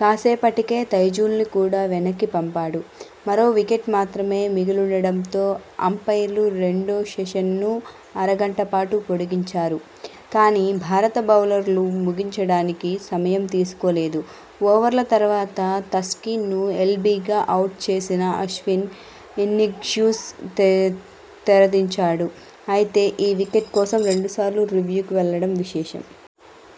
కాసేపటికే తైజుల్ ను కూడా వెనక్కి పంపాడు. మరో వికెట్ మాత్రమే మిగిలుండడంతో అంపైర్లు రెండో సెషన్ను అరగంటపాటు పొడిగించారు. కానీ, భారత బౌలర్లు ముగించడానికి సమయం తీసుకోలేదు. ఓవర్ల తర్వాత తస్కిన్ ను ఎల్బీగా అవుట్ చేసిన అశ్విన్ ఇన్నింగ్స్కు తెరదించాడు. అయితే, ఈ వికెట్ కోసం రెండు సార్లు రివ్యూకు వెళ్లడం విశేషం.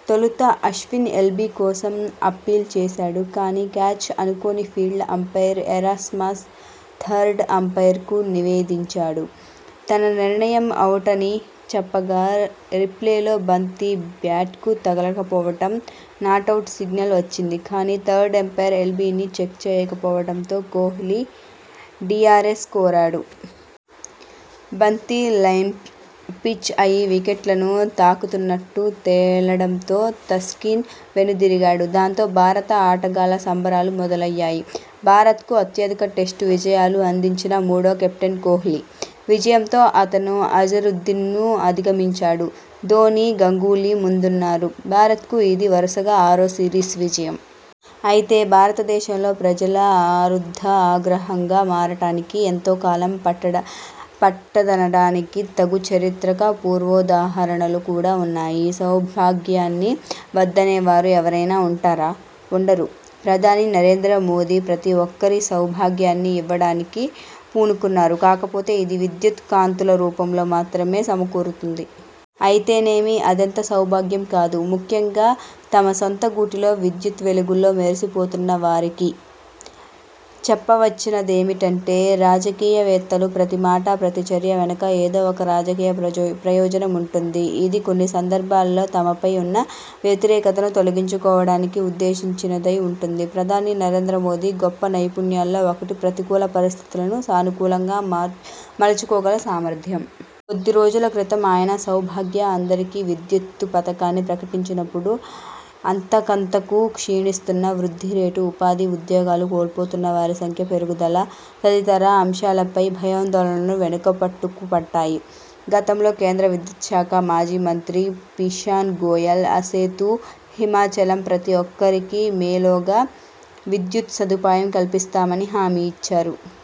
తొలుత అశ్విన్ ఎల్బీ కోసం అప్పీల్ చేశాడు. కానీ, క్యాచ్ అనుకొని ఫీల్డ్ అంపైర్ ఎరాస్మస్ థర్డ్ అంపైర్కు నివేదించాడు. తన నిర్ణయం అవుటని చెప్పగా రీప్లేలో బంతి బ్యాట్కు తగలకపోవడంతో నాటౌట్ సిగ్నల్ వచ్చింది. కానీ, థర్డ్ అంపైర్ ఎల్బీని చెక్ చేయకపోవడంతో కోహ్లీ డీఆర్ఎస్ కోరాడు. బంతి లైన్పై పిచ్ అయి వికెట్లను తాకుతున్నట్టు తేలడంతో తస్కిన్ వెనుదిరిగాడు. దాంతో, భారత ఆటగాళ్ల సంబరాలు మొదలయ్యాయి. భారత్కు అత్యధిక టెస్టు విజయాలు అందించిన మూడో కెప్టెన్ కోహ్లీ. విజయంతో అతను అజరుద్దీన్ ను అధిగమించాడు. ధోనీ, గంగూలీ ముందున్నారు. భారత్కు ఇది వరుసగా ఆరో సిరీస్ విజయం. అయితే భారతదేశంలో ప్రజల ఆదుర్దా ఆగ్రహంగా మారటానికి ఎంతోకాలం పట్టదనడానికి తగు చారిత్రక పూర్వోదాహరణలు కూడా వున్నాయి. సౌభాగ్యాన్ని వద్దనేవారు ఎవరైనా వుంటారా? ఉండరు. ప్రధాని నరేంద్ర మోదీ ప్రతి ఒక్కరికి 'సౌభాగ్యాన్ని' ఇవ్వడానికి పూనుకున్నారు. కాకపోతే, ఇది విద్యుత్ కాంతుల రూపంలో మాత్రమే సమకూరుతుంది. అయితేనేమి, అదెంత సౌభాగ్యం కాదూ ముఖ్యంగా తమ సొంత గూటిలో విద్యుత్ వెలుగుల్లో మెరిసిపోనున్న వారికి? చెప్పవచ్చినదేమిటంటే రాజకీయవేత్తల ప్రతి మాట, ప్రతి చర్య వెనుక ఏదో ఒక రాజకీయ ప్రయోజనముంటుంది. ఇది కొన్ని సందర్భాలలో తమపై వున్న వ్యతిరేకతను తొలగించుకోవడానికి ఉద్దేశించినదై వుంటుంది. ప్రధాని నరేంద్ర మోదీ గొప్ప నైపుణ్యాల్లో ఒకటి ప్రతికూల పరిస్థితులను సానుకూలంగా మలచుకోగల సామర్థ్యం. కొద్దిరోజులక్రితం ఆయన సౌభాగ్య 'అందరికీ విద్యుత్తు' పథకాన్ని ప్రకటించినప్పుడు, అంతకంతకూ క్షీణిస్తున్న వృద్ధి రేటు, ఉపాధి, ఉద్యోగాలు కోల్పోతున్న వారి సంఖ్య పెరుగుదల తదితర అంశాలపై భయాందోళనలు వెనకపట్టుపట్టాయి. గతంలో కేంద్ర విద్యుత్ శాఖ మాజీ మంత్రి పీయూష్ గోయల్ ఆసేతు హిమాచలం ప్రతి ఒక్కరికీ మే లోగా విద్యుత్ సదుపాయం కల్పిస్తామని హామీ ఇచ్చారు.